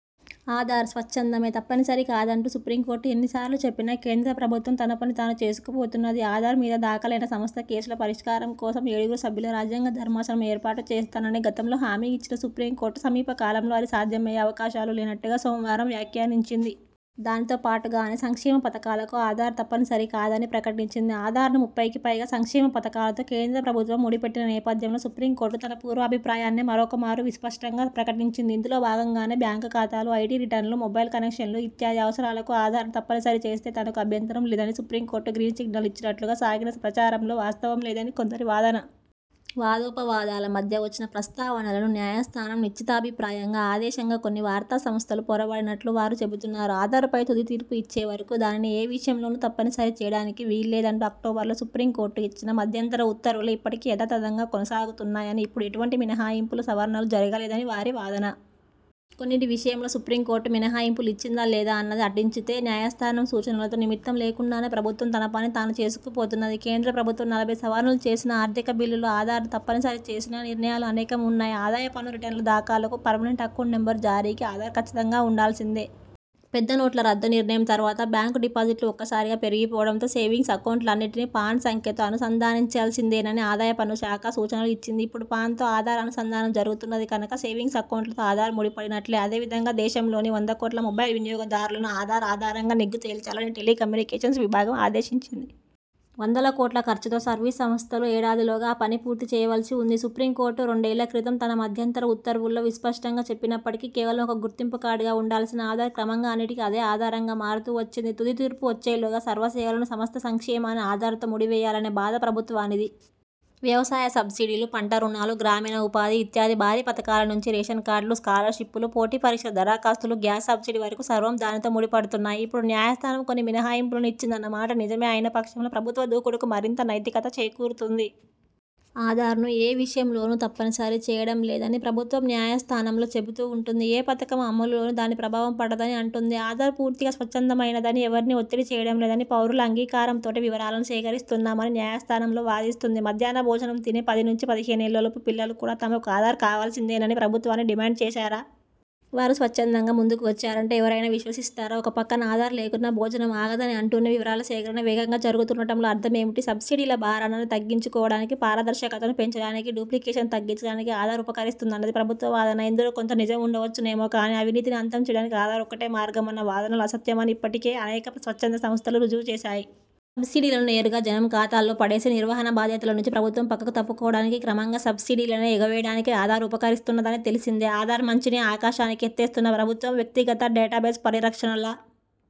ఆధార్ స్వచ్ఛందమే, తప్పనిసరి కాదంటూ సుప్రీంకోర్టు ఎన్నిసార్లు చెప్పినా, కేంద్ర ప్రభుత్వం తన పని తాను చేసుకుపోతున్నది. ఆధార్ మీద దాఖలైన సమస్త కేసుల పరిష్కారం కోసం ఏడుగురు సభ్యుల రాజ్యాంగ ధర్మాసనం ఏర్పాటు చేస్తానని గతంలో హామీ ఇచ్చిన సుప్రీంకోర్టు, సమీపకాలంలో అది సాధ్యమయ్యే అవకాశాలు లేనట్టుగా సోమవారం వ్యాఖ్యానించింది. దానితోపాటుగానే, సంక్షేమ పథకాలకు ఆధార్ తప్పనిసరి కాదని ప్రకటించింది. ఆధార్‌ను ముప్పైకిపైగా సంక్షేమ పథకాలతో కేంద్ర ప్రభుత్వం ముడిపెట్టిన నేపథ్యంలో సుప్రీంకోర్టు తన పూర్వ అభిప్రాయాన్నే మరొకమారు విస్పష్టంగా ప్రకటించింది. ఇందులో భాగంగానే, బ్యాంకు ఖాతాలు, ఐటీ రిటర్నులు, మొబైల్ కనెక్షన్లు ఇత్యాది అవసరాలకు ఆధార్‌ను తప్పనిసరి చేస్తే తనకు అభ్యంతరం లేదని సుప్రీంకోర్టు గ్రీన్ సిగ్నల్ ఇచ్చినట్లుగా సాగిన ప్రచారంలో వాస్తవం లేదని కొందరి వాదన. వాదోపవాదాల మధ్య వచ్చిన ప్రస్తావనలను న్యాయస్థానం నిశ్చితాభిప్రాయంగా, ఆదేశంగా కొన్ని వార్తాసంస్థలు పొరబడినట్లు వారు చెబుతున్నారు. ఆధార్‌పై తుదితీర్పు ఇచ్చేవరకూ దానిని ఏ విషయంలోనూ తప్పనిసరి చేయడానికి వీల్లేదంటూ అక్టోబర్లో సుప్రీంకోర్టు ఇచ్చిన మధ్యంతర ఉత్తర్వులే ఇప్పటికీ యథాతథంగా కొనసాగుతున్నాయనీ, ఇప్పుడు ఎటువంటి మినహాయింపులూ, సవరణలు జరగలేదని వారి వాదన. కొన్నింటి విషయంలో సుప్రీంకోర్టు మినహాయింపులు ఇచ్చిందా లేదా అన్నది అటుంచితే, న్యాయస్థానం సూచనలతో నిమిత్తం లేకుండానే ప్రభుత్వం తన పని తాను చేసుకుపోతున్నది. కేంద్ర ప్రభుత్వం నలభై సవరణలు చేసిన ఆర్థిక బిల్లులో ఆధార్‌ను తప్పనిసరి చేసిన నిర్ణయాలు అనేకం ఉన్నాయి. ఆదాయపన్ను రిటర్నుల దాఖలుకు, పర్మనెంట్ అకౌంట్ నెంబర్ జారీకి ఆధార్ కచ్చితంగా ఉండాల్సిందే. పెద్దనోట్ల రద్దు నిర్ణయం తరువాత బ్యాంకు డిపాజిట్లు ఒక్కసారిగా పెరిగిపోవడంతో, సేవింగ్స్ ఎకౌంట్లన్నింటినీ పాన్ సంఖ్యతో అనుసంధానించాల్సిందేనని ఆదాయపన్ను శాఖ సూచనలు ఇచ్చింది. ఇప్పుడు పాన్‌తో ఆధార్ అనుసంధానం జరుగుతున్నది కనుక సేవింగ్స్ ఎకౌంట్లతో ఆధార్ ముడిపడినట్లే. అదేవిధంగా, దేశంలోని వంద కోట్ల మొబైల్ వినియోగదారులను ఆధార్ ఆధారంగా నిగ్గుతేల్చాలని టెలికమ్యూనికేషన్స్ విభాగం ఆదేశించింది. వందల కోట్ల ఖర్చుతో సర్వీసు సంస్థలు ఏడాదిలోగా ఆ పని పూర్తిచేయవలసి ఉంది. సుప్రీంకోర్టు రెండేళ్ల క్రితం తన మధ్యంతర ఉత్తర్వుల్లో విస్పష్టంగా చెప్పినప్పటికీ, కేవలం ఒక గుర్తింపు కార్డుగా ఉండాల్సిన ఆధార్ క్రమంగా అన్నింటికీ అదే ఆధారంగా మారుతూ వచ్చింది. తుది తీర్పు వచ్చేలోగా సర్వసేవలనూ, సమస్త సంక్షేమాన్నీ ఆధార్‌తో ముడివేయాలనే బాధ ప్రభుత్వానిది. వ్యవసాయ సబ్సిడీలు, పంట రుణాలు, గ్రామీణ ఉపాధి ఇత్యాది భారీ పథకాల నుంచి, రేషన్ కార్డులు, స్కాలర్‌షిప్పులు, పోటీ పరీక్షల దరఖాస్తులు, గ్యాస్ సబ్సిడీ వరకూ సర్వమూ దానితో ముడిపడుతున్నాయి. ఇప్పుడు న్యాయస్థానం కొన్ని మినహాయింపులను ఇచ్చిందన్న మాట నిజమే అయిన పక్షంలో, ప్రభుత్వ దూకుడుకు మరింత నైతికత చేకూరుతుంది. ఆధార్‌ను ఏ విషయంలోనూ తప్పనిసరి చేయడం లేదని ప్రభుత్వం న్యాయస్థానంలో చెబుతూ ఉంటుంది. ఏ పథకం అమలులోనూ దాని ప్రభావం పడదని అంటుంది. ఆధార్ పూర్తిగా స్వచ్ఛందమైనదనీ, ఎవరినీ ఒత్తిడి చేయడంలేదనీ, పౌరుల అంగీకారంతోనే వివరాలను సేకరిస్తున్నామని న్యాయస్థానంలో వాదిస్తుంది. మధ్యాహ్న భోజనం తినే పది నుంచి పదిహేనేళ్లలోపు పిల్లలు కూడా తమకు ఆధార్ కావాల్సిందేనని ప్రభుత్వాన్ని డిమాండ్ చేశారా? వారు స్వచ్ఛందంగా ముందుకు వచ్చారంటే ఎవరైనా విశ్వసిస్తారా? ఒకపక్కన ఆధార్ లేకున్నా భోజనం ఆగదని అంటూనే, వివరాల సేకరణ వేగంగా జరుగుతుండటంలో అర్థమేమిటి? సబ్సిడీల భారాన్ని తగ్గించుకోవడానికీ, పారదర్శకతను పెంచడానికీ, డూప్లికేషన్ తగ్గించడానికి ఆధార్ ఉపకరిస్తుందన్నది ప్రభుత్వ వాదన. ఇందులో కొంత నిజం ఉండవచ్చునేమో కానీ, అవినీతిని అంతం చేయడానికి ఆధార్ ఒక్కటే మార్గమన్న వాదనలు అసత్యమని ఇప్పటికే అనేక స్వచ్ఛంద సంస్థలు రుజువుచేశాయి. సబ్సిడీలను నేరుగా జనం ఖాతాల్లో పడేసి, నిర్వహణ బాధ్యతలనుంచి ప్రభుత్వం పక్కకు తప్పుకోవడానికీ, క్రమంగా సబ్సిడీలనే ఎగవేయడానికీ ఆధార్ ఉపకరిస్తున్నదని తెలిసిందే. ఆధార్ మంచిని ఆకాశానికి ఎత్తేస్తున్న ప్రభుత్వం, వ్యక్తిగత, డేటాబేస్ పరిరక్షణల